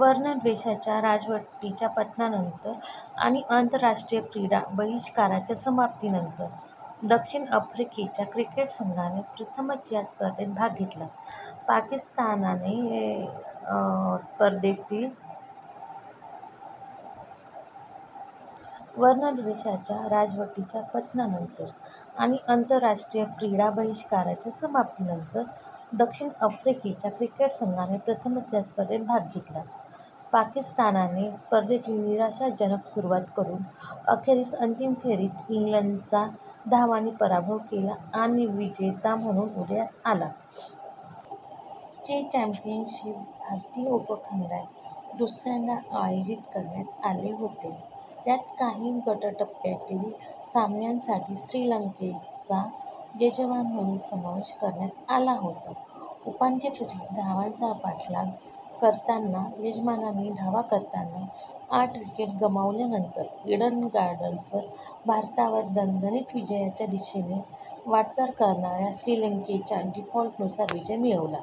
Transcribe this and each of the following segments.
वर्णद्वेषाच्या राजवटीच्या पतनानंतर आणि आंतरराष्ट्रीय क्रीडा बहिष्काराच्या समाप्तीनंतर दक्षिण आफ्रिकेच्या क्रिकेट संघाने प्रथमच या स्पर्धेत भाग घेतला. पाकिस्तानने स्पर्धेतील निराशाजनक सुरुवात करून अखेरीस अंतिम फेरीत इंग्लंडचा धावांनी पराभव केला आणि विजेता म्हणून उदयास आला. चे चॅम्पियनशिप भारतीय उपखंडात दुसऱ्यांदा आयोजित करण्यात आले होते, त्यात काही गट टप्प्यातील सामन्यांसाठी श्रीलंकेचा यजमान म्हणून समावेश करण्यात आला होता. उपांत्य फेरीत, धावांचा पाठलाग करताना यजमानांनी धावा करताना आठ विकेट गमावल्यानंतर, ईडन गार्डन्सवर भारतावर दणदणीत विजयाच्या दिशेने वाटचाल करणाऱ्या श्रीलंकेला डीफॉल्टनुसार विजय मिळाला.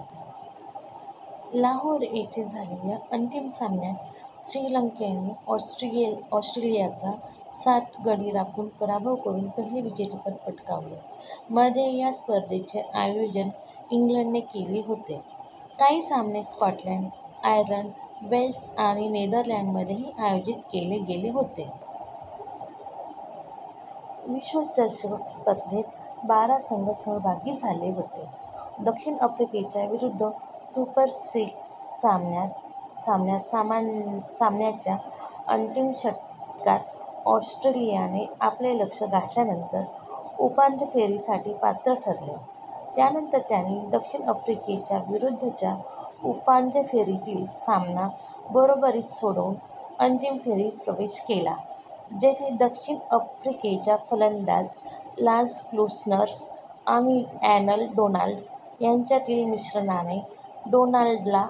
लाहोर येथे झालेल्या अंतिम सामन्यात श्रीलंकेने ऑस्ट्रेलियाचा सात गडी राखून पराभव करून पहिले विजेतेपद पटकावले. मध्ये, या स्पर्धेचे आयोजन इंग्लंडने केले होते, काही सामने स्कॉटलंड, आयर्लंड, वेल्स आणि नेदरलँडमध्येही आयोजित केले गेले होते. विश्वचषक स्पर्धेत बारा संघ सहभागी झाले होते. दक्षिण आफ्रिकेविरुद्धच्या सुपर सिक्स सामन्यात सामन्याच्या अंतिम षटकात ऑस्ट्रेलियाने आपले लक्ष्य गाठल्यानंतर उपांत्य फेरीसाठी पात्र ठरले. त्यानंतर त्यांनी दक्षिण आफ्रिकेविरुद्धच्या उपांत्य फेरीतील सामना बरोबरीत सोडवून अंतिम फेरीत प्रवेश केला जेथे दक्षिण आफ्रिकेचे फलंदाज लान्स क्लुसनर आणि ॲलन डोनाल्ड यांच्यातील मिश्रणाने डोनाल्डला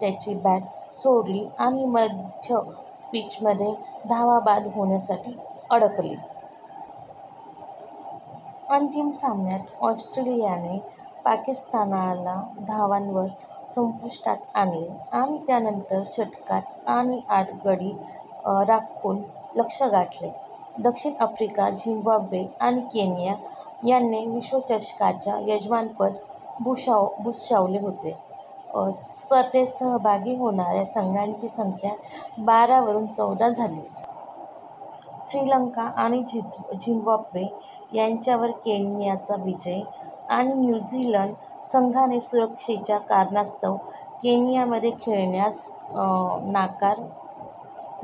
त्याची बॅट सोडली आणि मध्य-पिचमध्ये धावबाद होण्यासाठी अडकले. अंतिम सामन्यात ऑस्ट्रेलियाने पाकिस्तानला धावांवर संपुष्टात आणले आणि त्यानंतर षटकांत आणि आठ गडी राखून लक्ष्य गाठले. दक्षिण आफ्रिका, झिम्बाब्वे आणि केन्या यांनी च्या विश्वचषकाचे यजमानपद भूषवले होते. स्पर्धेत सहभागी होणाऱ्या संघांची संख्या बारा वरून चौदा झाली. श्रीलंका आणि झिम्बाब्वे यांच्यावर केन्याचे विजय – आणि न्यू झीलंड संघाने सुरक्षेच्या कारणास्तव केन्यामध्ये खेळण्यास नकार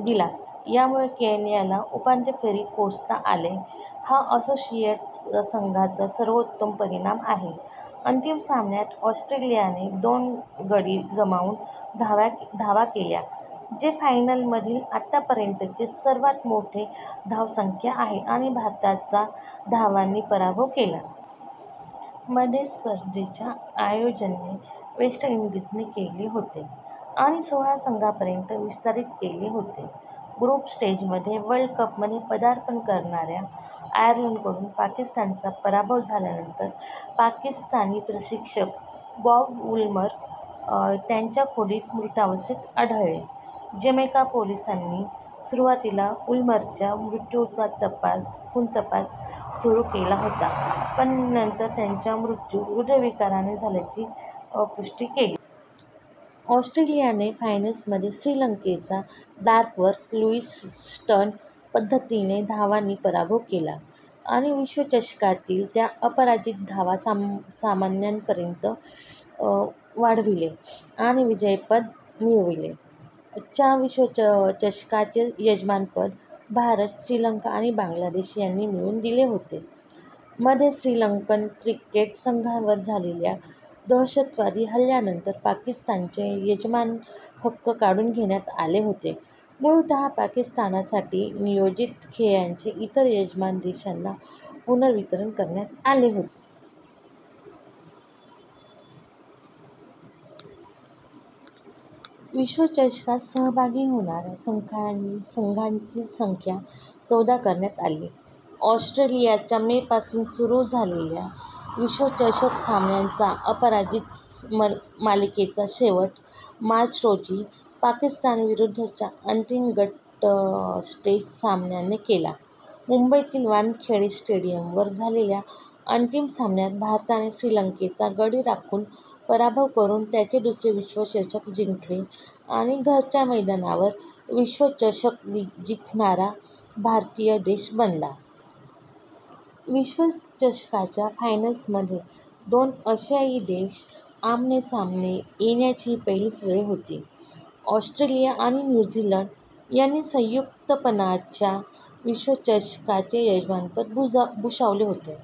दिला – यामुळे केन्याला उपांत्य फेरीत पोहोचता आले, हा असोसिएट संघाचा सर्वोत्तम परिणाम आहे. अंतिम सामन्यात, ऑस्ट्रेलियाने दोन गडी गमावून धावा केल्या, जे फायनलमधील आतापर्यंतचे सर्वात मोठे धावसंख्या आहे आणि भारताचा धावांनी पराभव केला. मध्ये, स्पर्धेचे आयोजन वेस्ट इंडीजने केले होते आणि सोळा संघांपर्यंत विस्तारित केले होते. ग्रुप स्टेजमध्ये वर्ल्ड कपमध्ये पदार्पण करणाऱ्या आयर्लंडकडून पाकिस्तानचा पराभव झाल्यानंतर, पाकिस्तानी प्रशिक्षक बॉब वुलमर त्यांच्या हॉटेलच्या खोलीत मृतावस्थेत आढळले. जमैका पोलिसांनी सुरुवातीला वूल्मरच्या मृत्यूचा खून तपास सुरू केला होता पण नंतर त्याचा मृत्यू हृदयविकाराने झाल्याची पुष्टी केली. ऑस्ट्रेलियाने फायनलमध्ये श्रीलंकेचा डकवर्थ-लुईस-स्टर्न पद्धतीने धावांनी पराभव केला, आणि विश्वचषकातील त्यांची अपराजित धाव सामन्यांपर्यंत वाढवली आणि विजय मिळवला. च्या विश्वचषकाचे यजमानपद भारत, श्रीलंका आणि बांगलादेश यांनी मिळून दिले होते. मध्ये श्रीलंकन क्रिकेट संघावर झालेल्या दहशतवादी हल्ल्यानंतर पाकिस्तानचे यजमान हक्क काढून घेण्यात आले होते, मूळतः पाकिस्तानसाठी नियोजित खेळांचे इतर यजमान देशांना पुनर्वितरण करण्यात आले होते. विश्वचषकात सहभागी होणाऱ्या संघांची संख्या चौदा करण्यात आली. ऑस्ट्रेलियाचा मे पासून सुरू झालेल्या विश्वचषक सामन्यांच्या अपराजित मालिकेचा शेवट मार्च रोजी पाकिस्तानविरुद्धचा अंतिम गट स्टेज सामन्याने केला. मुंबईतील वानखेडे स्टेडियमवर झालेल्या अंतिम सामन्यात भारताने श्रीलंकेचा गडी राखून पराभव करून त्यांचे दुसरे विश्वचषक जिंकले आणि घरच्या मैदानावर विश्वचषक जिंकणारा भारत पहिला देश बनला. विश्वचषकाच्या फायनलमध्ये दोन आशियाई देश आमनेसामने येण्याची ही पहिलीच वेळ होती. ऑस्ट्रेलिया आणि न्यू झीलंड यांनी संयुक्तपणे च्या विश्वचषकाचे यजमानपद भूषवले होते.